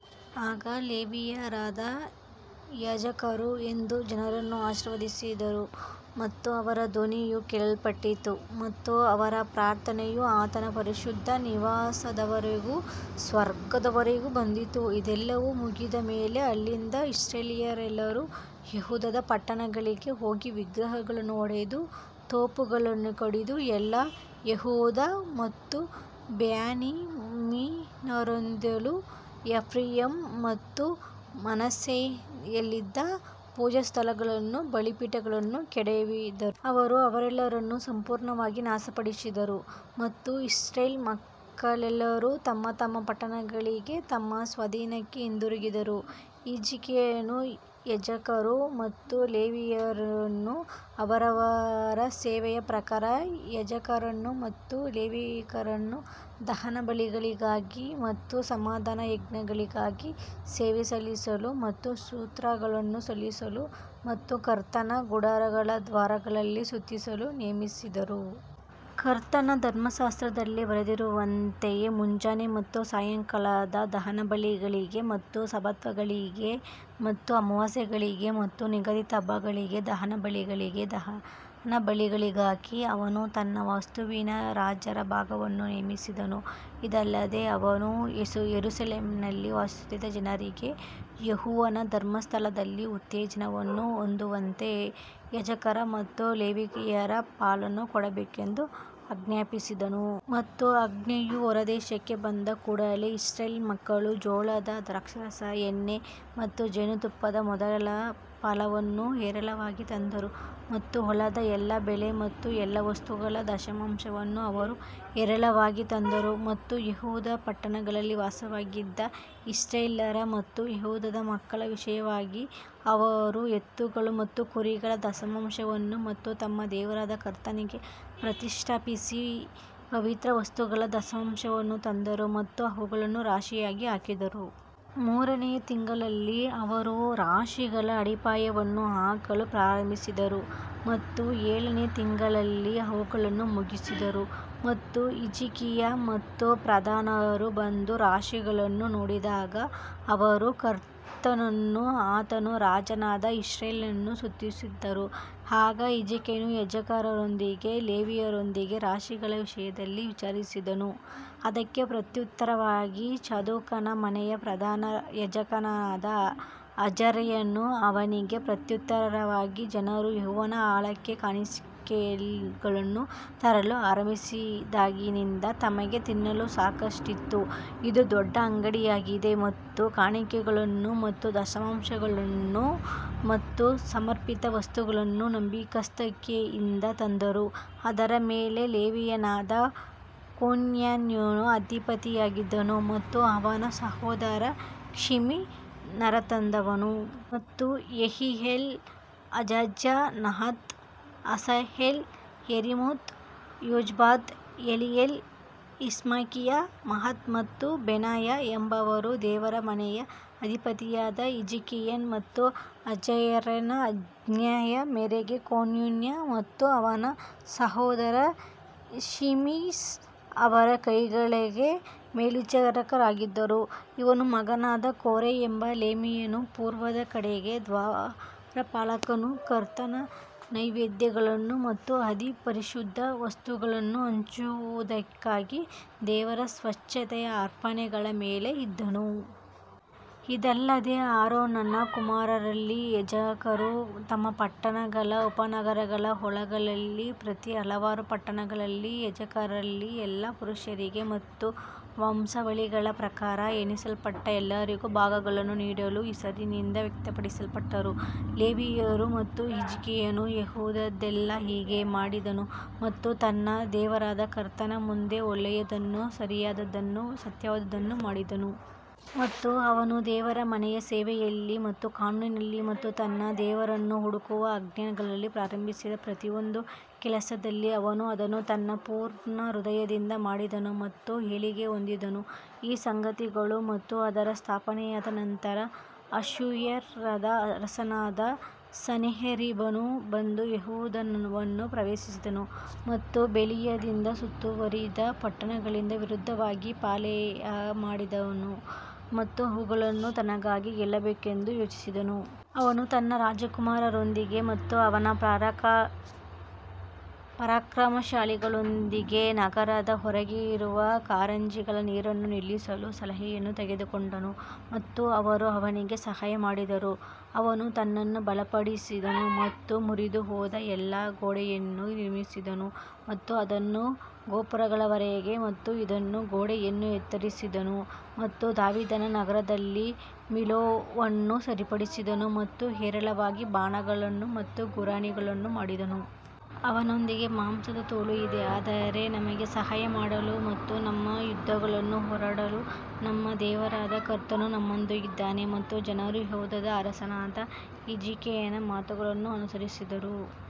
ಆಗ ಲೇವಿಯರಾದ ಯಾಜಕರು ಎದ್ದು ಜನರನ್ನು ಆಶೀರ್ವದಿಸಿದರು ಮತ್ತು ಅವರ ಧ್ವನಿಯು ಕೇಳಲ್ಪಟ್ಟಿತು ಮತ್ತು ಅವರ ಪ್ರಾರ್ಥನೆಯು ಆತನ ಪರಿಶುದ್ಧ ನಿವಾಸದವರೆಗೂ ಸ್ವರ್ಗದವರೆಗೂ ಬಂದಿತು. ಇದೆಲ್ಲವೂ ಮುಗಿದ ಮೇಲೆ ಅಲ್ಲಿದ್ದ ಇಸ್ರಾಯೇಲ್ಯರೆಲ್ಲರೂ ಯೆಹೂದದ ಪಟ್ಟಣಗಳಿಗೆ ಹೋಗಿ ವಿಗ್ರಹಗಳನ್ನು ಒಡೆದು ತೋಪುಗಳನ್ನು ಕಡಿದು ಎಲ್ಲಾ ಯೆಹೂದ ಮತ್ತು ಬೆನ್ಯಾಮಿನರಿಂದಲೂ ಎಫ್ರಾಯೀಮ್ ಮತ್ತು ಮನಸ್ಸೆಯಲ್ಲಿದ್ದ ಪೂಜಾಸ್ಥಳಗಳನ್ನೂ ಬಲಿಪೀಠಗಳನ್ನೂ ಕೆಡವಿದರು. ಅವರು ಅವರೆಲ್ಲರನ್ನೂ ಸಂಪೂರ್ಣವಾಗಿ ನಾಶಪಡಿಸಿದರು ಮತ್ತು ಇಸ್ರಾಯೇಲ್ ಮಕ್ಕಳೆಲ್ಲರೂ ತಮ್ಮ ತಮ್ಮ ಪಟ್ಟಣಗಳಿಗೆ ತಮ್ಮ ಸ್ವಾಧೀನಕ್ಕೆ ಹಿಂದಿರುಗಿದರು ಹಿಜ್ಕೀಯನು ಯಾಜಕರು ಮತ್ತು ಲೇವಿಯರನ್ನು ಅವರವರ ಸೇವೆಯ ಪ್ರಕಾರ ಯಾಜಕರನ್ನು ಮತ್ತು ಲೇವಿಯರನ್ನು ದಹನಬಲಿಗಳಿಗಾಗಿ ಮತ್ತು ಸಮಾಧಾನಯಜ್ಞಗಳಿಗಾಗಿ ಸೇವೆ ಸಲ್ಲಿಸಲು ಮತ್ತು ಸ್ತೋತ್ರಗಳನ್ನು ಸಲ್ಲಿಸಲು ಮತ್ತು ಕರ್ತನ ಗುಡಾರಗಳ ದ್ವಾರಗಳಲ್ಲಿ ಸ್ತುತಿಸಲು ನೇಮಿಸಿದನು. ಕರ್ತನ ಧರ್ಮಶಾಸ್ತ್ರದಲ್ಲಿ ಬರೆದಿರುವಂತೆ ಮುಂಜಾನೆ ಮತ್ತು ಸಾಯಂಕಾಲದ ದಹನಬಲಿಗಳಿಗೆ ಮತ್ತು ಸಬ್ಬತ್ಗಳಿಗೆ ಮತ್ತು ಅಮಾವಾಸ್ಯೆಗಳಿಗೆ ಮತ್ತು ನಿಗದಿತ ಹಬ್ಬಗಳಿಗೆ ದಹನಬಲಿಗಳಿಗೆ ದಹನಬಲಿಗಳಿಗಾಗಿ ಅವನು ತನ್ನ ವಸ್ತುವಿನ ರಾಜರ ಭಾಗವನ್ನು ನೇಮಿಸಿದನು. ಇದಲ್ಲದೆ ಅವನು ಯೆರೂಸಲೇಮಿನಲ್ಲಿ ವಾಸಿಸುತ್ತಿದ್ದ ಜನರಿಗೆ ಯೆಹೋವನ ಧರ್ಮಶಾಸ್ತ್ರದಲ್ಲಿ ಉತ್ತೇಜನವನ್ನು ಹೊಂದುವಂತೆ ಯಾಜಕರ ಮತ್ತು ಲೇವಿಯರ ಪಾಲನ್ನು ಕೊಡಬೇಕೆಂದು ಆಜ್ಞಾಪಿಸಿದನು. ಮತ್ತು ಆಜ್ಞೆಯು ಹೊರದೇಶಕ್ಕೆ ಬಂದ ಕೂಡಲೆ ಇಸ್ರಾಯೇಲ್ ಮಕ್ಕಳು ಜೋಳದ ದ್ರಾಕ್ಷಾರಸ, ಎಣ್ಣೆ ಮತ್ತು ಜೇನುತುಪ್ಪದ ಮೊದಲ ಫಲವನ್ನು ಹೇರಳವಾಗಿ ತಂದರು ಮತ್ತು ಹೊಲದ ಎಲ್ಲಾ ಬೆಳೆ ಮತ್ತು ಎಲ್ಲಾ ವಸ್ತುಗಳ ದಶಮಾಂಶವನ್ನು ಅವರು ಹೇರಳವಾಗಿ ತಂದರು. ಮತ್ತು ಯೆಹೂದದ ಪಟ್ಟಣಗಳಲ್ಲಿ ವಾಸವಾಗಿದ್ದ ಇಸ್ರಾಯೇಲ್ಯರ ಮತ್ತು ಯೆಹೂದದ ಮಕ್ಕಳ ವಿಷಯವಾಗಿ ಅವರು ಎತ್ತುಗಳು ಮತ್ತು ಕುರಿಗಳ ದಶಮಾಂಶವನ್ನು ಮತ್ತು ತಮ್ಮ ದೇವರಾದ ಕರ್ತನಿಗೆ ಪ್ರತಿಷ್ಠಾಪಿಸಿದ ಪವಿತ್ರ ವಸ್ತುಗಳ ದಶಮಾಂಶವನ್ನು ತಂದರು ಮತ್ತು ಅವುಗಳನ್ನು ರಾಶಿಯಾಗಿ ಹಾಕಿದರು. ಮೂರನೆಯ ತಿಂಗಳಲ್ಲಿ ಅವರು ರಾಶಿಗಳ ಅಡಿಪಾಯವನ್ನು ಹಾಕಲು ಪ್ರಾರಂಭಿಸಿದರು ಮತ್ತು ಏಳನೇ ತಿಂಗಳಲ್ಲಿ ಅವುಗಳನ್ನು ಮುಗಿಸಿದರು ಮತ್ತು ಹಿಜ್ಕೀಯ ಮತ್ತು ಪ್ರಧಾನರು ಬಂದು ರಾಶಿಗಳನ್ನು ನೋಡಿದಾಗ ಅವರು ಕರ್ತನನ್ನೂ ಆತನ ಜನರಾದ ಇಸ್ರಾಯೇಲನ್ನೂ ಸ್ತುತಿಸಿದರು. ಆಗ ಹಿಜ್ಕೀಯನು ಯಾಜಕರೊಂದಿಗೂ ಲೇವಿಯರೊಂದಿಗೂ ರಾಶಿಗಳ ವಿಷಯದಲ್ಲಿ ವಿಚಾರಿಸಿದನು ಅದಕ್ಕೆ ಪ್ರತ್ಯುತ್ತರವಾಗಿ ಚಾದೋಕನ ಮನೆಯ ಪ್ರಧಾನ ಯಾಜಕನಾದ ಅಜರ್ಯನು ಅವನಿಗೆ ಪ್ರತ್ಯುತ್ತರವಾಗಿ--ಜನರು ಯೆಹೋವನ ಆಲಯಕ್ಕೆ ಕಾಣಿಕೆಗಳನ್ನು ತರಲು ಆರಂಭಿಸಿದಾಗಿನಿಂದ ನಮಗೆ ತಿನ್ನಲು ಸಾಕಷ್ಟಿತ್ತು ಇದು ದೊಡ್ಡ ಅಂಗಡಿಯಾಗಿದೆ ಮತ್ತು ಕಾಣಿಕೆಗಳನ್ನು ಮತ್ತು ದಶಮಾಂಶಗಳನ್ನು ಮತ್ತು ಸಮರ್ಪಿತ ವಸ್ತುಗಳನ್ನು ನಂಬಿಗಸ್ತಿಕೆಯಿಂದ ತಂದರು, ಅದರ ಮೇಲೆ ಲೇವಿಯನಾದ ಕೊನೋನ್ಯನು ಅಧಿಪತಿಯಾಗಿದ್ದನು ಮತ್ತು ಅವನ ಸಹೋದರ ಶಿಮ್ಮಿ ನಂತರದವನು. ಮತ್ತು Jehiel, Azaziah, Nahath, Asahel, Jerimoth, Jozabad, Eliel, Ismachiah, Mahath ಮತ್ತು ಬೆನಾಯ ಎಂಬವರು ದೇವರ ಮನೆಯ ಅಧಿಪತಿಯಾದ ಹಿಜ್ಕೀಯನ ಮತ್ತು ಅಜರ್ಯನ ಆಜ್ಞೆಯ ಮೇರೆಗೆ ಕೊನೊನ್ಯ ಮತ್ತು ಅವನ ಸಹೋದರ ಶಿಮ್ಮಿ ಅವರ ಕೈಕೆಳಗೆ ಮೇಲ್ವಿಚಾರಕರಾಗಿದ್ದರು. ಇಮ್ನನ ಮಗನಾದ ಕೋರೆ ಎಂಬ ಲೇವಿಯನು ಪೂರ್ವದ ಕಡೆಗೆ ದ್ವಾರಪಾಲಕನು ಕರ್ತನ ನೈವೇದ್ಯಗಳನ್ನು ಮತ್ತು ಅತಿ ಪರಿಶುದ್ಧ ವಸ್ತುಗಳನ್ನು ಹಂಚುವದಕ್ಕಾಗಿ ದೇವರ ಸ್ವೇಚ್ಛೆಯ ಅರ್ಪಣೆಗಳ ಮೇಲೆ ಇದ್ದನು. ಇದಲ್ಲದೆ ಆರೋನನ ಕುಮಾರರಲ್ಲಿ ಯಾಜಕರು ತಮ್ಮ ಪಟ್ಟಣಗಳ ಉಪನಗರಗಳ ಹೊಲಗಳಲ್ಲಿ ಪ್ರತಿ ಹಲವಾರು ಪಟ್ಟಣಗಳಲ್ಲಿ ಯಾಜಕರಲ್ಲಿ ಎಲ್ಲಾ ಪುರುಷರಿಗೆ ಮತ್ತು ವಂಶಾವಳಿಗಳ ಪ್ರಕಾರ ಎಣಿಸಲ್ಪಟ್ಟ ಎಲ್ಲರಿಗೂ ಭಾಗಗಳನ್ನು ನೀಡಲು ಹೆಸರಿನಿಂದ ವ್ಯಕ್ತಪಡಿಸಲ್ಪಟ್ಟರು. ಲೇವಿಯರು ಮತ್ತು ಹಿಜ್ಕೀಯನು ಯೆಹೂದದಲ್ಲೆಲ್ಲಾ ಹೀಗೆ ಮಾಡಿದನು ಮತ್ತು ತನ್ನ ದೇವರಾದ ಕರ್ತನ ಮುಂದೆ ಒಳ್ಳೇದನ್ನೂ ಸರಿಯಾದದ್ದನ್ನೂ ಸತ್ಯವಾದದ್ದನ್ನೂ ಮಾಡಿದನು. ಮತ್ತು ಅವನು ದೇವರ ಮನೆಯ ಸೇವೆಯಲ್ಲಿ ಮತ್ತು ಕಾನೂನಿನಲ್ಲಿ ಮತ್ತು ತನ್ನ ದೇವರನ್ನು ಹುಡುಕುವ ಆಜ್ಞೆಗಳಲ್ಲಿ ಪ್ರಾರಂಭಿಸಿದ ಪ್ರತಿಯೊಂದು ಕೆಲಸದಲ್ಲಿ ಅವನು ಅದನ್ನು ತನ್ನ ಪೂರ್ಣ ಹೃದಯದಿಂದ ಮಾಡಿದನು ಮತ್ತು ಏಳಿಗೆ ಹೊಂದಿದ್ದನು. ಈ ಸಂಗತಿಗಳು ಮತ್ತು ಅದರ ಸ್ಥಾಪನೆಯಾದ ನಂತರ ಅಶ್ಶೂರದ ಅರಸನಾದ ಸನ್ಹೇರೀಬನು ಬಂದು ಯೆಹೂದವನ್ನು ಪ್ರವೇಶಿಸಿದನು ಮತ್ತು ಬೇಲಿಯಿಂದ ಸುತ್ತುವರಿದ ಪಟ್ಟಣಗಳಿಗೆ ವಿರುದ್ಧವಾಗಿ ಪಾಳೆಯಮಾಡಿದನು ಮತ್ತು ಅವುಗಳನ್ನು ತನಗಾಗಿ ಗೆಲ್ಲಬೇಕೆಂದು ಯೋಚಿಸಿದನು. ಅವನು ತನ್ನ ರಾಜಕುಮಾರರೊಂದಿಗೆ ಮತ್ತು ಅವನ ಪರಾಕ್ರಮಶಾಲಿಗಳೊಂದಿಗೆ ನಗರದ ಹೊರಗಿರುವ ಕಾರಂಜಿಗಳ ನೀರನ್ನು ನಿಲ್ಲಿಸಲು ಸಲಹೆಯನ್ನು ತೆಗೆದುಕೊಂಡನು ಮತ್ತು ಅವರು ಅವನಿಗೆ ಸಹಾಯ ಮಾಡಿದರು. ಅವನು ತನ್ನನ್ನು ಬಲಪಡಿಸಿದನು ಮತ್ತು ಮುರಿದುಹೋದ ಎಲ್ಲಾ ಗೋಡೆಯನ್ನು ನಿರ್ಮಿಸಿದನು ಮತ್ತು ಅದನ್ನು ಗೋಪುರಗಳವರೆಗೆ ಮತ್ತು ಇನ್ನೊಂದು ಗೋಡೆಯನ್ನು ಎತ್ತರಿಸಿದನು ಮತ್ತು ದಾವೀದನ ನಗರದಲ್ಲಿ ಮಿಲ್ಲೋವನ್ನು ಸರಿಪಡಿಸಿದನು ಮತ್ತು ಹೇರಳವಾಗಿ ಬಾಣಗಳನ್ನು ಮತ್ತು ಗುರಾಣಿಗಳನ್ನು ಮಾಡಿದನು. ಅವನೊಂದಿಗೆ ಮಾಂಸದ ತೋಳು ಇದೆ ಆದರೆ ನಮಗೆ ಸಹಾಯ ಮಾಡಲು ಮತ್ತು ನಮ್ಮ ಯುದ್ಧಗಳನ್ನು ಹೋರಾಡಲು ನಮ್ಮ ದೇವರಾದ ಕರ್ತನು ನಮ್ಮೊಂದಿಗಿದ್ದಾನೆ ಮತ್ತು ಜನರು ಯೆಹೂದದ ಅರಸನಾದ ಹಿಜ್ಕೀಯನ ಮಾತುಗಳನ್ನು ಅನುಸರಿಸಿದರು.